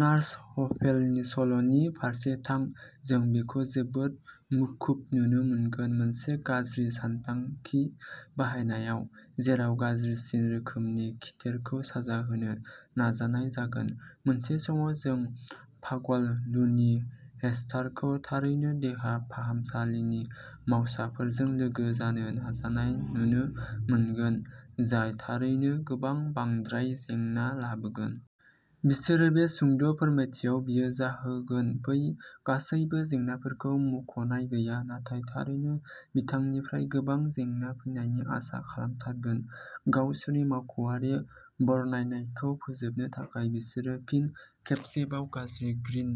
Nurse हफेलनि सल'नि फारसे थां। जों बिखौ जोबोद मुखुब नुनो मोनगोन, मोनसे गाज्रि सानथांखि बाहायनायाव, जेराव गाज्रिसिन रोखोमनि खिथेरखौ साजा होनो नाजानाय जागोन मोनसे समाव, जों पागल, लुनि हेस्टारखौ थारैनो देहा फाहामसालिनि मावसाफोरजों लोगो जानो नाजानाय नुनो मोनगोन, जाय थारैनो गोबां बांद्राय जेंना लाबोगोन। बिसोर बे सुंद' फोरमायथियाव बियो जाहोगोन बै गासैबो जेंनाफोरखौ मुंख'नाय गैया, नाथाय थारैनो बिथांनिफ्राय गोबां जेंना फैनायनि आसा खालामथारगोन। गावसोरनि मावख'आरि बरनायनायखौ फोजोबनो थाखाय, बिसोरो फिन खेबसेबाव, गाज्रि ग्रीन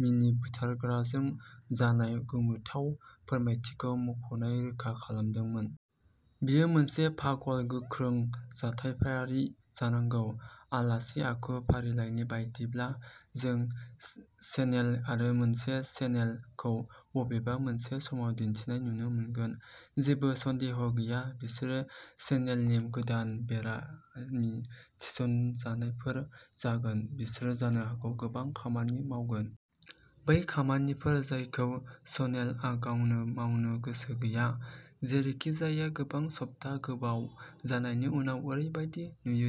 मिनि बुथारग्राजों जानाय गोमोथाव फोरमायथिखौ मुंख'नाय रोखा खालामदोंमोन। बेयो मोनसे पागल, गोख्रों जाथायफारि जानांगौ। आलासि आखु फारिलाइनि बायदिब्ला, जों चेनेल आरो मोनसे चेनेल खौ बबेबा मोनसे समाव दिन्थिनाय नुनो मोनगोन। जेबो सन्देह गैया, बिसोरो चेनेलनि गोदान बेरामि थिसनजानायफोर जागोन। बिसोरो जानो हागौ गोबां खामानि मावगोन। बै खामानिफोर जायखौ शनेलआ गावनो मावनो गोसो गैया। जेरैखिजाया, गोबां सप्ता गोबाव जानायनि उनाव, ओरैबायदि नुयो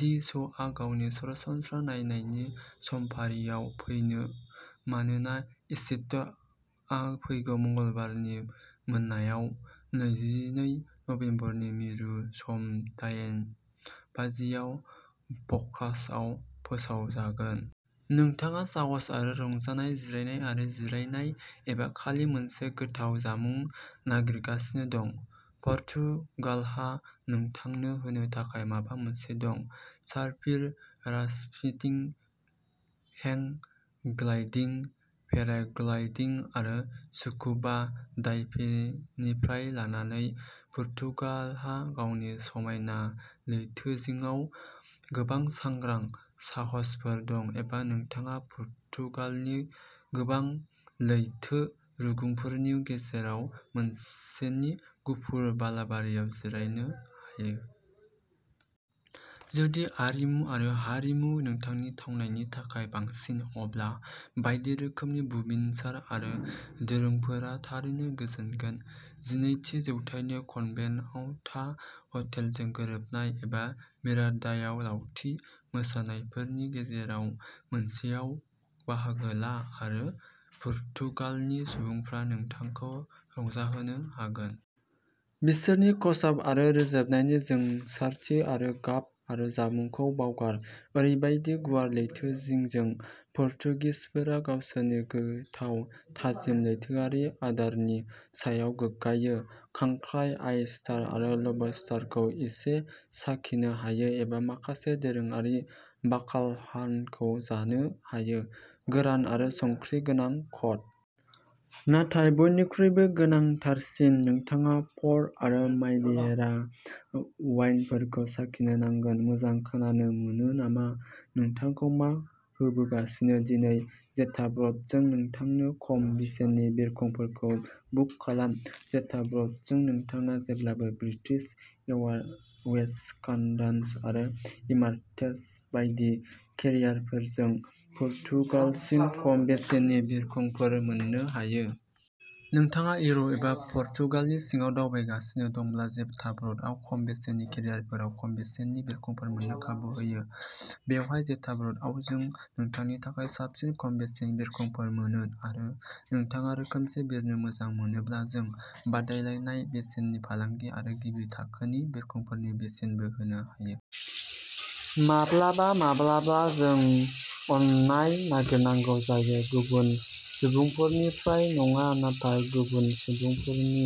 दि श'आ गावनि सरासनस्रा नायनायनि समफारियाव फैफिनो मानोना एपिसडआ फैगौ मंगलबारनि मोनायाव, नैजिनै नबेम्बरनि मिरु सम दायेन बाजियाव फक्सआव फोसावजागोन। नोंथाङा साहस आरो रंजानाय, जिरायनाय आरो जिरायनाय, एबा खालि मोनसे गोथाव जामुं नागिरगासिनो दं, पर्तुगालहा नोंथांनो होनो थाखाय माबा मोनसे दं। Surfing, rafting, hang gliding, paragliding आरो स्कुबा डाइभिंनिफ्राय लानानै, पर्तुगालहा गावनि समायना लैथोजिंआव गोबां सांग्रां साहसफोर दं एबा नोंथाङा पर्तुगालनि गोबां लैथो रुगुंफोरनि गेजेराव मोनसेनि गुफुर बालाबारियाव जिरायनो हायो। जुदि आरिमु आरो हारिमुआ नोंथांनि थावनायनि थाखाय बांसिन, अब्ला बायदि रोखोमनि बुमिनसार आरो दोरोंफोरा थारैनो गोजोनगोन। जिनैथि जौथाइनि कन्भेन्टआव था, हटेलजों गोरोबनाय, एबा मिरान्डायाव लावथि मोसानायफोरनि गेजेराव मोनसेयाव बाहागो ला आरो पर्तुगालनि सुबुंफोरा नोंथांखौ रंजाहोनो हागोन। बिसोरनि खसाब आरो रोजाबनायनि जोंसारथि आरो गाब आरो जामुंखौ बावगार ओरैबायदि गुवार लैथोजिंजों, पर्तुगिसफोरा गावसोरनि गोथाव, थाजिम लैथोआरि आदारनि सायाव गोग्गायो। खांख्राय, ऑयस्टार आरो लबस्टारखौ एसे साखिनो हायो एबा माखासे दोरोङारि बाकालहानखौ जानो हायो गोरान आरो संख्रि गोनां कड। नाथाय बयनिख्रुइबो गोनांथारसिन, नोंथाङा पर्ट आरो मादेइरा वाइनफोरखौ साखिनो नांगोन। मोजां खोनानो मोनो नामा? नोंथांखौ मा होबोगासिनो? दिनै जेटाब्र'डजों नोंथांनो खम बेसेननि बिरखंफोरखौ बुक खालाम जेटाब्र'डजों नोंथाङा जेब्लाबो ब्रिटिश एयारवेज, कान्टास आरो एमिरेटस बायदि केरियारफोरजों पर्तुगालसिम खम बेसेननि बिरखंफोर मोननो हायो। नोंथाङा इउर'प एबा पर्तुगालनि सिङाव दावबायगासिनो दंब्ला, जेटाब्र'डआ खम बेसेननि केरियारफोराव खम बेसेननि बिरखंफोर मोननो खाबु होयो। बेवहाय जेटाब्र'डआव जों नोंथांनि थाखाय साबसिन खम बेसेननि बिरखंफोर मोनो आरो नोंथाङा रोखोमसे बिरनो मोजां मोनोब्ला जों बादायलायनाय बेसेननि फालांगि आरो गिबि थाखोनि बिरखंफोरनि बेसेनबो होनो हायो। माब्लाबा माब्लाबा जों अननाय नागिरनांगौ जायो गुबुन सुबुंफोरनिफ्राय नङा नाथाय गुबुन सुबुंफोरनि